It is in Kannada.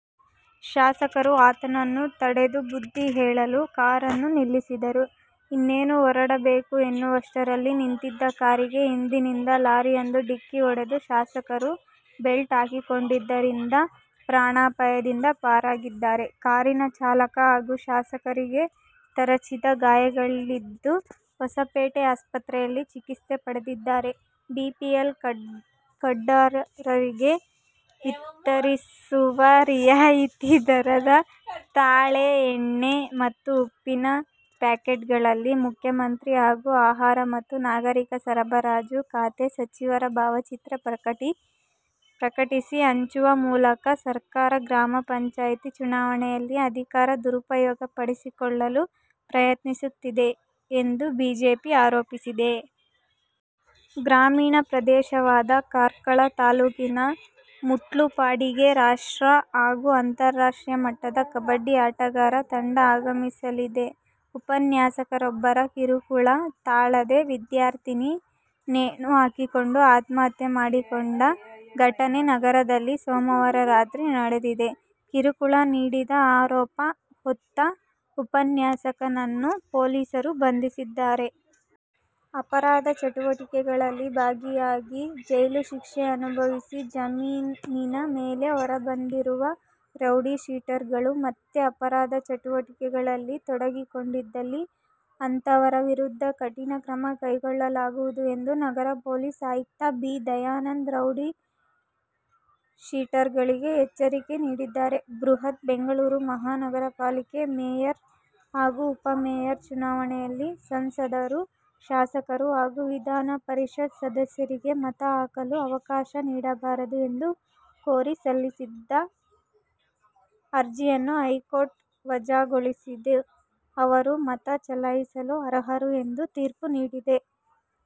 ಶಾಸಕರು ಆತನನ್ನು ತಡೆದು ಬುದ್ಧಿ ಹೇಳಲು ಕಾರನ್ನು ನಿಲ್ಲಿಸಿದ್ದರು. ಇನ್ನೇನು ಹೊರಡಬೇಕು ಎನ್ನುವಷ್ಟರಲ್ಲಿ ನಿಂತಿದ್ದ ಕಾರಿಗೆ ಹಿಂದಿನಿಂದ ಲಾರಿಯೊಂದು ಡಿಕ್ಕಿ ಹೊಡೆಯಿತು. ಶಾಸಕರು ಬೆಲ್ಟ್ ಹಾಕಿಕೊಂಡಿದ್ದರಿಂದ ಪ್ರಾಣಾಪಾಯದಿಂದ ಪಾರಾಗಿದ್ದಾರೆ. ಕಾರಿನ ಚಾಲಕ ಹಾಗೂ ಶಾಸಕರಿಗೆ ತರಚಿದ ಗಾಯಗಳಾಗಿದ್ದು, ಹೊಸಪೇಟೆ ಆಸ್ಪತ್ರೆಯಲ್ಲಿ ಚಿಕಿತ್ಸೆ ಪಡೆದಿದ್ದಾರೆ. ಬಿಪಿಎಲ್ ಕಾರ್ಡ್ದಾರರಿಗೆ ವಿತರಿಸುವ ರಿಯಾಯಿತಿ ದರದ ತಾಳೆ ಎಣ್ಣೆ ಮತ್ತು ಉಪ್ಪಿನ ಪ್ಯಾಕೆಟ್ಗಳಲ್ಲಿ ಮುಖ್ಯಮಂತ್ರಿ ಹಾಗೂ ಆಹಾರ ಮತ್ತು ನಾಗರಿಕ ಸರಬರಾಜು ಖಾತೆ ಸಚಿವರ ಭಾವಚಿತ್ರ ಪ್ರಕಟಿಸಿ ಹಂಚುವ ಮೂಲಕ ಸರ್ಕಾರ ಗ್ರಾಮ ಪಂಚಾಯ್ತಿ ಚುನಾವಣೆಯಲ್ಲಿ ಅಧಿಕಾರ ದುರುಪಯೋಗಪಡಿಸಿಕೊಳ್ಳಲು ಪ್ರಯತ್ನಿಸುತ್ತಿದೆ ಎಂದು ಬಿಜೆಪಿ ಆರೋಪಿಸಿದೆ. ಗ್ರಾಮೀಣ ಪ್ರದೇಶವಾದ ಕಾರ್ಕಳ ತಾಲೂಕಿನ ಮುಟ್ಲುಪಾಡಿಗೆ ರಾಷ್ಟ್ರ ಹಾಗೂ ಅಂತಾರಾಷ್ಟ್ರೀಯ ಮಟ್ಟದ ಕಬಡ್ಡಿ ಆಟಗಾರ ತಂಡ ಆಗಮಿಸಲಿದೆ. ಉಪನ್ಯಾಸಕರೊಬ್ಬರ ಕಿರುಕುಳ ತಾಳದೇ ವಿದ್ಯಾರ್ಥಿನಿ ನೇಣು ಹಾಕಿಕೊಂಡು ಆತ್ಮಹತ್ಯೆ ಮಾಡಿಕೊಂಡ ಘಟನೆ ನಗರದಲ್ಲಿ ಸೋಮವಾರ ರಾತ್ರಿ ನಡೆದಿದೆ. ಕಿರುಕುಳ ನೀಡಿದ ಆರೋಪ ಹೊತ್ತ ಉಪನ್ಯಾಸಕನನ್ನು ಪೊಲೀಸರು ಬಂಧಿಸಿದ್ದಾರೆ. ಅಪರಾಧ ಚಟುವಟಿಕೆಗಳಲ್ಲಿ ಭಾಗಿಯಾಗಿ ಜೈಲು ಶಿಕ್ಷೆ ಅನುಭವಿಸಿ ಜಾಮೀನಿನ ಮೇಲೆ ಹೊರಬಂದಿರುವ ರೌಡಿ ಶೀಟರ್ಗಳು ಮತ್ತೆ ಅಪರಾಧ ಚಟುವಟಿಕೆಗಳಲ್ಲಿ ತೊಡಗಿಕೊಂಡಿದ್ದಲ್ಲಿ ಅಂತವರ ವಿರುದ್ಧ ಕಠಿಣ ಕ್ರಮ ಕೈಗೊಳ್ಳಲಾಗುವುದು ಎಂದು ನಗರ ಪೊಲೀಸ್ ಆಯುಕ್ತ ಬಿ. ದಯಾನಂದ್ ರೌಡಿ ಶೀಟರ್ಗಳಿಗೆ ಎಚ್ಚರಿಕೆ ನೀಡಿದ್ದಾರೆ. ಬೃಹತ್ ಬೆಂಗಳೂರು ಮಹಾನಗರ ಪಾಲಿಕೆ ಮೇಯರ್ ಹಾಗೂ ಉಪಮೇಯರ್ ಚುನಾವಣೆಯಲ್ಲಿ ಸಂಸದರು, ಶಾಸಕರು ಹಾಗೂ ವಿಧಾನ ಪರಿಷತ್ ಸದಸ್ಯರಿಗೆ ಮತ ಹಾಕಲು ಅವಕಾಶ ನೀಡಬಾರದು ಎಂದು ಕೋರಿ ಸಲ್ಲಿಸಿದ್ದ ಅರ್ಜಿಯನ್ನು ಹೈಕೋರ್ಟ್ ವಜಾಗೊಳಿಸಿದ್ದು, ಅವರು ಮತ ಚಲಾಯಿಸಲು ಅರ್ಹರು ಎಂದು ತೀರ್ಪು ನೀಡಿದೆ.